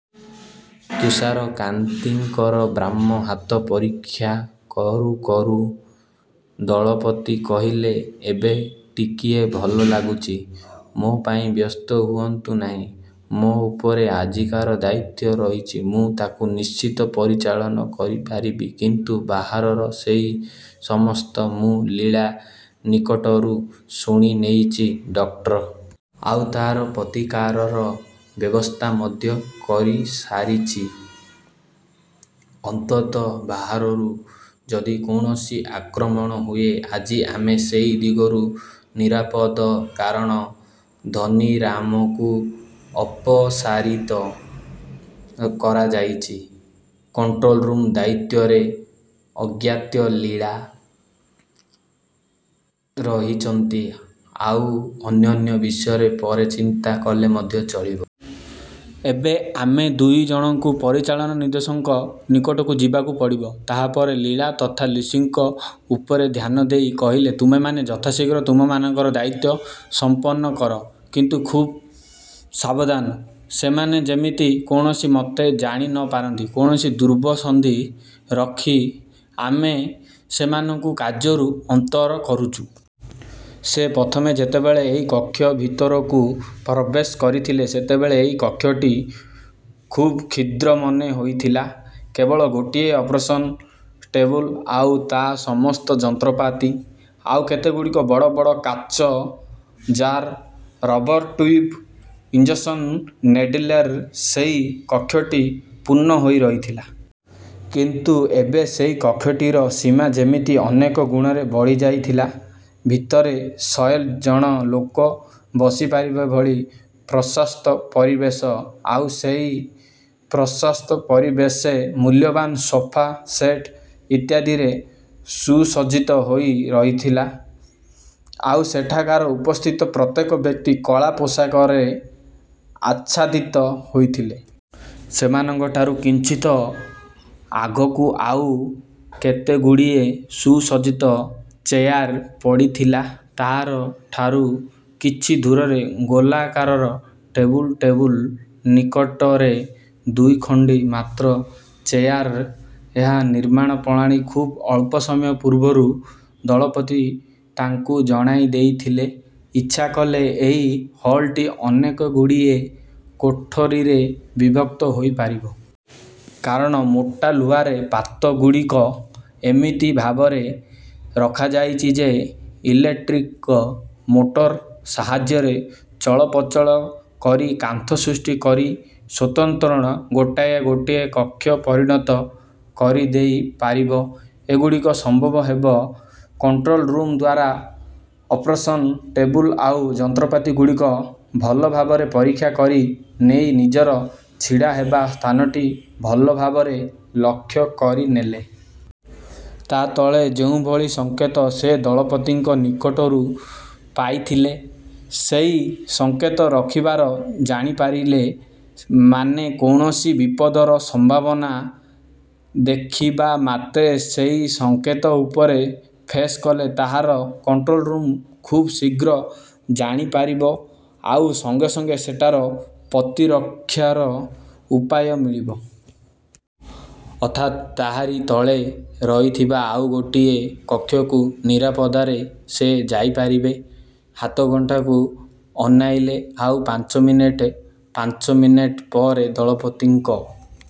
ତୁଷାରକାନ୍ତିଙ୍କର ବାମ ହାତ ପରୀକ୍ଷା କରୁ କରୁ ଦଳପତି କହିଲେ ଏବେ ଟିକିଏ ଭଲ ଲାଗୁଛି? ମୋ ପାଇଁ ବ୍ୟସ୍ତ ହୁଅନ୍ତୁ ନାହିଁ। ମୋ ଉପରେ ଆଜିକାର ଦାୟିତ୍ୱ ରହିଛି ମୁଁ ତାକୁ ନିଶ୍ଚୟ ପରିଚାଳନା କରିପାରିବି। କିନ୍ତୁ ବାହାରର ସେ ସମସ୍ତ ମୁଁ ଲୀଳା ନିକଟରୁ ଶୁଣିନେଇଛି ଡକ୍ଟର। ଆଉ ତା’ର ପ୍ରତିକାରର ବ୍ୟବସ୍ଥା ମଧ୍ୟ କରିସାରିଛି। ଅନ୍ତତଃ ବାହାରୁ ଯଦି କୌଣସି ଆକ୍ରମଣ ହୁଏ ଆଜି ଆମେ ସେ ଦିଗରୁ ନିରାପଦ। କାରଣ ଧନୀରାମକୁ ଅପସାରିତ କରାଯାଉଛି। କଣ୍ଟ୍ରୋଲ୍ ରୁମ୍ ଦାୟିତ୍ୱରେ ଅଗତ୍ୟା ଲୀଳା ରହୁଛନ୍ତି। ଆଉ ଅନ୍ୟାନ୍ୟ ବିଷୟ ପରେ ଚିନ୍ତା କଲେ ମଧ୍ୟ ଚଳିବ। ଏବେ ଆମ ଦୁଇ ଜଣଙ୍କୁ ପରିଚାଳନା ନିର୍ଦ୍ଦେଶକଙ୍କ ନିକଟକୁ ଯିବାକୁ ପଡ଼ିବ। ତା ପରେ ଲୀଳା ତଥା ଲୁସିଙ୍କ ଉପରେ ଧ୍ୟାନ ଦେଇ କହିଲେ ତୁମେମାନେ ଯଥାଶୀଘ୍ର ତୁମମାନଙ୍କର ଦାୟିତ୍ୱ ସମ୍ପନ୍ନ କର। କିନ୍ତୁ ଖୁବ୍ ସାବଧାନ ସେମାନେ ଯେମିତି କୌଣସିମତେ ଜାଣି ନ ପାରନ୍ତି କୌଣସି ଦୁର୍ଭିସନ୍ଧି ରଖି ଆମେ ସେମାନଙ୍କୁ କାର୍ଯ୍ୟରୁ ଅନ୍ତର କରୁଛୁ। ସେ ପ୍ରଥମେ ଯେତେବେଳେ ଏହି କକ୍ଷ ଭିତରକୁ ପ୍ରବେଶ କରିଥିଲେ ସେତେବେଳେ ଏହି କକ୍ଷଟି ଖୁବ୍ କ୍ଷୁଦ୍ର ମନେ ହେଉଥିଲା। କେବଳ ଗୋଟିଏ ଅପରେସନ୍ ଟେବୁଲ୍ ଆଉ ତାର ସମସ୍ତ ଯନ୍ତ୍ରପାତି। ଆଉ କେତେଗୁଡ଼ିଏ ବଡ଼ ବଡ଼ କାଚ ଜାର୍ ରବର୍ ଟ୍ୟୁବ୍ ଇଞ୍ଜେକ୍ସନ୍ ନିଡିଲ୍‌ରେ ସେହି କକ୍ଷଟି ପୂର୍ଣ୍ଣ ହୋଇ ରହିଥିଲା। କିନ୍ତୁ ଏବେ ସେହି କକ୍ଷଟିର ସୀମା ଯେମିତି ଅନେକ ଗୁଣରେ ବଢ଼ିଯାଇଥିଲା। ଭିତରେ ଶହେ ଜଣ ଲୋକ ବସିପାରିବା ଭଳି ପ୍ରଶସ୍ତ ପରିବେଶ। ଆଉ ସେହି ପ୍ରଶସ୍ତ ପରିବେଶ ମୂଲ୍ୟବାନ୍ ସୋଫା ସେଟ୍ ଇତ୍ୟାଦିରେ ସୁସଜ୍ଜିତ ହୋଇ ରହିଥିଲା। ଆଉ ସେଠାକାର ଉପସ୍ଥିତ ପ୍ରତ୍ୟେକ ବ୍ୟକ୍ତି କଳା ପୋଷାକରେ ଆଚ୍ଛାଦିତ ହୋଇଥିଲେ। ସେମାନଙ୍କଠାରୁ କିଞ୍ଚିତ୍ ଆଗକୁ ଆଉ କେତେଗୁଡ଼ିଏ ସୁସଜ୍ଜିତ ଚେୟାର ପଡ଼ିଥିଲା। ତା’ ଠାରୁ କିଛି ଦୂରରେ ଗୋଲାକାର ଟେବୁଲ୍। ଟେବୁଲ୍ ନିକଟରେ ଦୁଇଖଣ୍ଡି ମାତ୍ର ଚେୟାର। ଏହାର ନିର୍ମାଣ ପ୍ରଣାଳୀ ଖୁବ୍ ଅଳ୍ପ ସମୟ ପୂର୍ବରୁ ଦଳପତି ତାଙ୍କୁ ଜଣାଇ ଦେଇଥିଲେ। ଇଚ୍ଛା କଲେ ଏହି ହଲ୍‌ଟି ଅନେକଗୁଡ଼ିଏ କୋଠରିରେ ବିଭକ୍ତ ହୋଇପାରିବ। କାରଣ ମୋଟା ଲୁହାର ପାତଗୁଡ଼ିକ ଏମିତି ଭାବରେ ରଖାଯାଇଛି ଯେ ଇଲେକ୍ଟ୍ରିକ୍ ମୋଟର ସାହାଯ୍ୟରେ ଚଳପ୍ରଚଳ କରି କାନ୍ଥ ସୃଷ୍ଟି କରି ସ୍ୱତନ୍ତ୍ର ଗୋଟାଏ ଗୋଟାଏ କକ୍ଷରେ ପରିଣତ କରିଦେଇ ପାରିବ। ଏଗୁଡ଼ିକ ସମ୍ଭବ ହେବ କଣ୍ଟ୍ରୋଲ୍ ରୁମ୍ ଦ୍ୱାରା। ଅପରେସନ୍ ଟେବୁଲ୍ ଆଉ ଯନ୍ତ୍ରପାତିଗୁଡ଼ିକ ଭଲ ଭାବରେ ପରୀକ୍ଷା କରି ନେଇ ନିଜର ଛିଡ଼ା ହେବା ସ୍ଥାନଟି ଭଲ ଭାବରେ ଲକ୍ଷ୍ୟ କରିନେଲେ। ତା ତଳେ ଯେଉଁଭଳି ସଙ୍କେତ ସେ ଦଳପତିଙ୍କ ନିକଟରୁ ପାଇଥିଲେ ସେହି ସଙ୍କେତ ରହିଥିବାର ଜାଣିପାରିଲେ। ମାନେ କୌଣସି ବିପଦର ସମ୍ଭାବନା ଦେଖିବା ମାତ୍ରେ ସେହି ସଙ୍କେତ ଉପରେ ପ୍ରେସ୍ କଲେ ତାହା କଣ୍ଟ୍ରୋଲ୍ ରୁମ୍ ଖୁବ୍ ଶୀଘ୍ର ଜାଣିପାରିବ ଆଉ ସଙ୍ଗେ ସଙ୍ଗେ ସେଠାରୁ ପ୍ରତିରକ୍ଷାର ଉପାୟ ମିଳିଯିବ। ଅର୍ଥାତ୍ ତାହାରି ତଳେ ରହିଥିବା ଆଉ ଗୋଟିଏ କକ୍ଷକୁ ନିରାପଦରେ ସେ ଯାଇପାରିବେ। ହାତଘଣ୍ଟାକୁ ଅନାଇଲେ ଆଉ ପାଞ୍ଚ ମିନିଟ୍। ପାଞ୍ଚ ମିନିଟ୍ ପରେ ଦଳପତିଙ୍କ